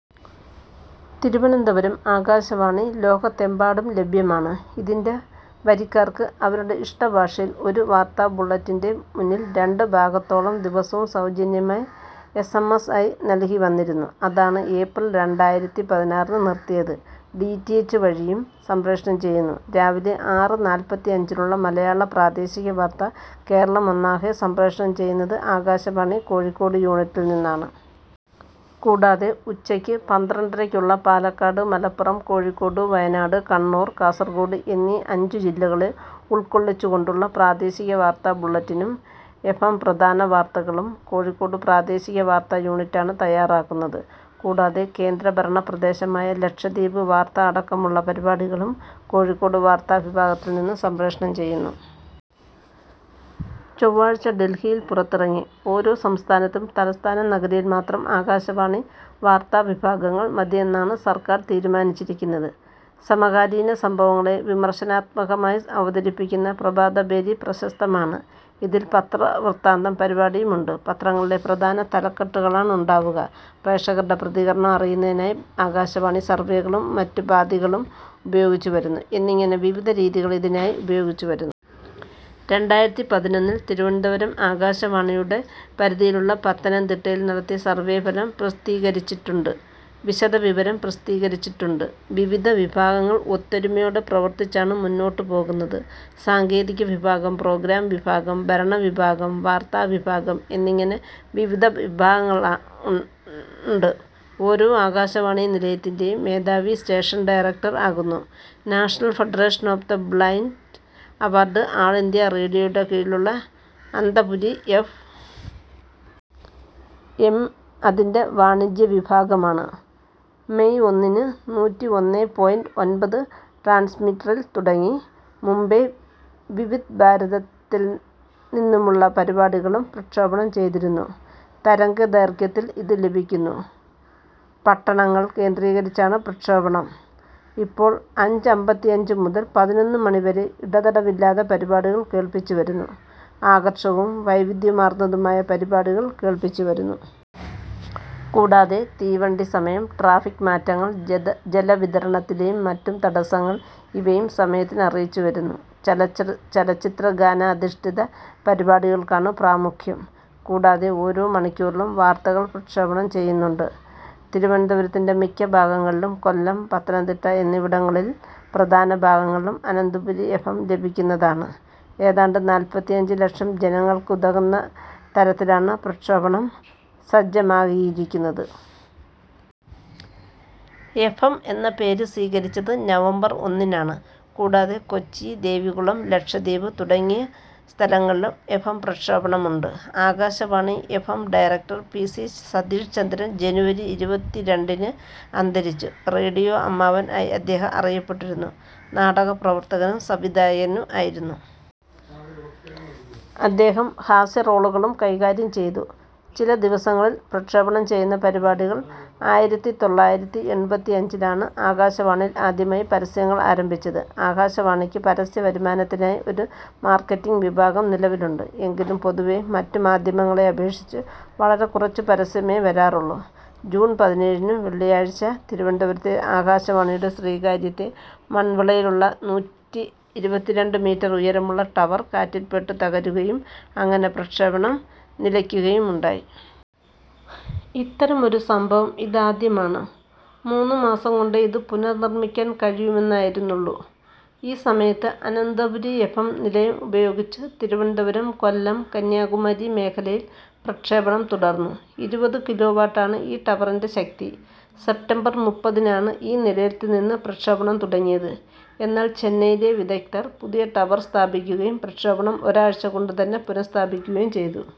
തിരുവനന്തപുരം ആകാശവാണി ലോകത്തെമ്പാടും ലഭ്യമാണ്. ഇതിന്റെ വരിക്കാർക്ക്, അവരുടെ ഇഷ്ടഭാഷയിൽ, ഒരു വാർത്താബുള്ളെറ്റിന്റെ മൂന്നിൽ രണ്ടു ഭാഗത്തോളം ദിവസവും സൗജന്യമായി എസ്. എം. എസ് ആയി നൽകിവന്നിരുന്നു. അതാണ് ഏപ്രിൽ രണ്ടായിരത്തിപതിനാറിന് നിർത്തിയത്. ഡി. റ്റി. എച്ച് വഴിയും സംപ്രേഷണം ചെയ്യുന്നു. രാവിലെ ആറ് നാല്പത്തിഅഞ്ചിനുള്ള മലയാളം പ്രാദേശിക വാർത്ത കേരളമൊന്നാകെ സംപ്രേഷണം ചെയ്യുന്നത് ആകാശവാണി കോഴിക്കോട് യൂണിറ്റിൽ നിന്നാണ്. കൂടാതെ ഉച്ചയ്ക്ക് പന്ത്രണ്ടരക്കുള്ള പാലക്കാട്, മലപ്പുറം, കോഴിക്കോട്, വയനാട്, കണ്ണൂർ, കാസർകോട് എന്നീ അഞ്ചു ജില്ലകളെ ഉൾക്കൊള്ളിച്ചുകൊണ്ടുള്ള പ്രാദേശിക വാർത്താ ബുള്ളറ്റിനും എഫ്എം പ്രധാന വാർത്തകളും കോഴിക്കോട് പ്രാദേശിക വാർത്താ യൂണിറ്റാണ് തയ്യാറാക്കുന്നത്. കൂടാതെ കേന്ദ്രഭരണപ്രദേശമായ ലക്ഷദ്വീപ് വാർത്ത അടക്കമുള്ള പരിപാടികളും കോഴിക്കോട് വാർത്താവിഭാഗത്തിൽ നിന്നു സംപ്രേഷണം ചെയ്യുന്നു. ചൊവ്വാഴ്ച ഡൽഹിയിൽ പുറത്തിറങ്ങി. ഓരോ സംസ്ഥാനത്തും തലസ്ഥാന നഗരിയിൽ മാത്രം ആകാശവാണി വാർത്താവിഭാഗങ്ങൾ മതിയെന്നാണ് സർക്കാർ തീരുമാനിച്ചിരിക്കുന്നത്. സമകാലീന സംഭവങ്ങളെ വിമർശനാത്മകമായി അവതരിപ്പിക്കുന്ന പ്രഭാതഭേരി പ്രശസ്തമാണ്. ഇതിൽ പത്രവൃത്താന്തം പരിപടിയുമുണ്ട്. പത്രങ്ങളിലെ പ്രധാന തലക്കെട്ടുകളാണുണ്ടാവുക. പ്രേക്ഷകരുടെ പ്രതികരണം അറിയാനായി ആകാശവാണി സർവെകളും മറ്റുപാധികളും ഉപയോഗിച്ചുവരുന്നു., എന്നിങ്ങനെ വിവിധ രീതികൾ ഇതിനായി ഉപയോഗിച്ചുവരുന്നു. രണ്ടായിരത്തിപതിനൊന്നിൽ തിരുവനന്തപുരം ആകാശവാണിയുടെ പരിധിയിലുള്ള പത്തനംതിട്ടയിൽ നടത്തിയ സർവേഫലം പ്രസിദ്ധീകരിച്ചിട്ടുണ്ട്. വിശദവിവരം പ്രസിദ്ധീകരിച്ചിട്ടുണ്ട്. വിവിധ വിഭാഗങ്ങൾ ഒത്തൊരുമയോടെ പ്രവർത്തിച്ചാണ് മുന്നോട്ടു പോകുന്നത്. സാങ്കേതികവിഭാഗം, പ്രോഗ്രാം വിഭാഗം, ഭരണവിഭാഗം, വാർത്താവിഭാഗം എന്നിങ്ങനെ വിവിധ വിഭാഗങ്ങളുണ്ട്. ഓരോ ആകാശവാണി നിലയത്തിന്റെയും മേധാവി സ്റ്റേഷൻ ഡയറക്ടർ ആകുന്നു. National federation of the blind award all India റേഡിയോയുടെ കീഴിലുള്ള അന്തഃപുരി എഫ്. എം അതിന്റെ വാണിജ്യവിഭാഗമാണ്. മെയ് ഒന്നിന് നൂറ്റിഒന്നേ പോയിന്റ് ഒമ്പത് ട്രാൻസ്മിറ്ററിൽ തുടങ്ങി. മുംബൈ വിവിധ്ഭാരതത്തിൽ നിന്നുമുള്ള പരിപാടികളും പ്രക്ഷേപണം ചെയ്തിരുന്നു. തരംഗദൈർഘ്യത്തിൽ ഇതു ലഭിക്കുന്നു. പട്ടണങ്ങൾ കേന്ദ്രീകരിച്ചാണ് പ്രക്ഷേപണം. ഇപ്പോൾ അഞ്ചമ്പത്തിഅഞ്ചു മുതൽ പതിനൊന്ന് മണി വരെ ഇടതടവില്ലാതെ പരിപാടികൾ കേൾപ്പിച്ചുവരുന്നു. ആകർഷകവും വൈവിധ്യമാർന്നതുമായ പരിപാടികൾ കേൾപ്പിച്ചുവരുന്നു. കൂടാതെ തീവണ്ടി സമയം, ട്രാഫിക്ക് മാറ്റങ്ങൾ, ജലവിതരണത്തിലെയും മറ്റും തടസങ്ങൾ ഇവയും സമയത്തിന് അറിയിച്ചുവരുന്നു. ചലച്ചിത്രഗാനാധിഷ്ടിതപരിപാടികൾക്കാണു പ്രാമുഖ്യം. കൂടാതെ ഓരോ മണിക്കൂറിലും വാർത്തകൾ പ്രക്ഷേപണം ചെയ്യുന്നുണ്ട്. തിരുവനതപുരത്തിന്റെ മിക്ക ഭാഗങ്ങളിലും കൊല്ലം പത്തനംതിട്ട എന്നിവിടങ്ങളിൽ പ്രധാന ഭാഗങ്ങളിലും അനന്തപുരി എഫ്. എം ലഭിക്കുന്നതാണ്. ഏതാണ്ട് നാല്പത്തിഅഞ്ചു ലക്ഷം ജനങ്ങൾക്കുതകുന്നതരത്തിലാണ് പ്രക്ഷേപണം സജ്ജമാകിയിരിക്കുന്നത്. എഫ്. എം എന്ന പേർ സ്വീകരിച്ചത് നവംബർ ഒന്നിനാണ്. കൂടാതെ കൊച്ചി, ദേവികുളം, ലക്ഷദ്വീപ് തുടങ്ങിയ സ്ഥലങ്ങളിലും എഫ്. എം പ്രക്ഷേപണമുണ്ട്. Akashvani F M director P. C. Satheeshchandran ജനുവരി ഇരുപത്തിരണ്ടിന് അന്തരിച്ചു. റേഡിയോ അമ്മാവൻ ആയി അദ്ദേഹം അറിയപ്പെട്ടിരുന്നു. നാടകപ്രവർത്തകനും സംവിധായകനും ആയിരുന്നു. അദ്ദേഹം ഹാസ്യറോളുകളും കൈകാര്യംചെയ്തു. ചില ദിവസങ്ങളിൽ പ്രക്ഷേപണം ചെയ്യുന്ന പരിപാടികൾ. ആയിരത്തിത്തൊള്ളായിരത്തിഎൺപത്തിഅഞ്ചിൽ ആണ് ആകാശവാണിയിൽ ആദ്യമായി പരസ്യങ്ങൾ ആരംഭിച്ചത്. ആകാശവാണിക്ക് പരസ്യവരുമാനത്തിനായി ഒരു മാർക്കറ്റിങ്ങ് വിഭാഗം നിലവിലുണ്ട്. എങ്കിലും പൊതുവെ മറ്റു മാധ്യമങ്ങളെ അപേക്ഷിച്ചു വളരെക്കുറച്ചു പരസ്യമെ വരാറുള്ളൂ. ജൂൺ പതിനേഴിനു വെള്ളിയാഴ്ചയാഴ്ച, തിരുവനന്തപുരത്തെ ആകാശവാണിയുടെ ശ്രീകാര്യത്തെ മൺവിളയിലുള്ള നൂറ്റിഇരുപത്തിരണ്ടു മീറ്റർ ഉയരമുള്ള ടവർ കാറ്റിൽപ്പെട്ട് തകരുകയും അങ്ങനെ പ്രക്ഷേപണം നിലയ്ക്കുകയുമുണ്ടായി. ഇത്തരം ഒരു സംഭവം ഇതാദ്യമാണ്. മൂന്നു മാസംകൊണ്ടേ ഇതു പുനർനിർമ്മിക്കാൻ കഴിയുമായിരുന്നുള്ളൂ. ഈ സമയത്ത് അനന്തപുരി എഫ്. എം നിലയം ഉപയോഗിച്ച് തിരുവനന്തപുരം, കൊല്ലം, കന്യാകുമാരി മേഖലയിൽ പ്രക്ഷേപണം തുടർന്നു. ഇരുപത് കിലോവാട്ട് ആണ് ഈ ടവറിന്റെ ശക്തി. സെപ്റ്റംബർ മുപ്പത്തിനാണ് ഈ നിലയത്തിൽനിന്നും പ്രക്ഷേപണം തുടങ്ങിയത്. എന്നാൽ ചെന്നൈയിലെ വിദഗ്ദ്ധർ, പുതിയ ടവർ സ്ഥാപിക്കുകയും പ്രക്ഷേപണം ഒരാഴ്ചകൊണ്ടുതന്നെ പുനഃസ്ഥാപിക്കുകയുംചെയ്തു.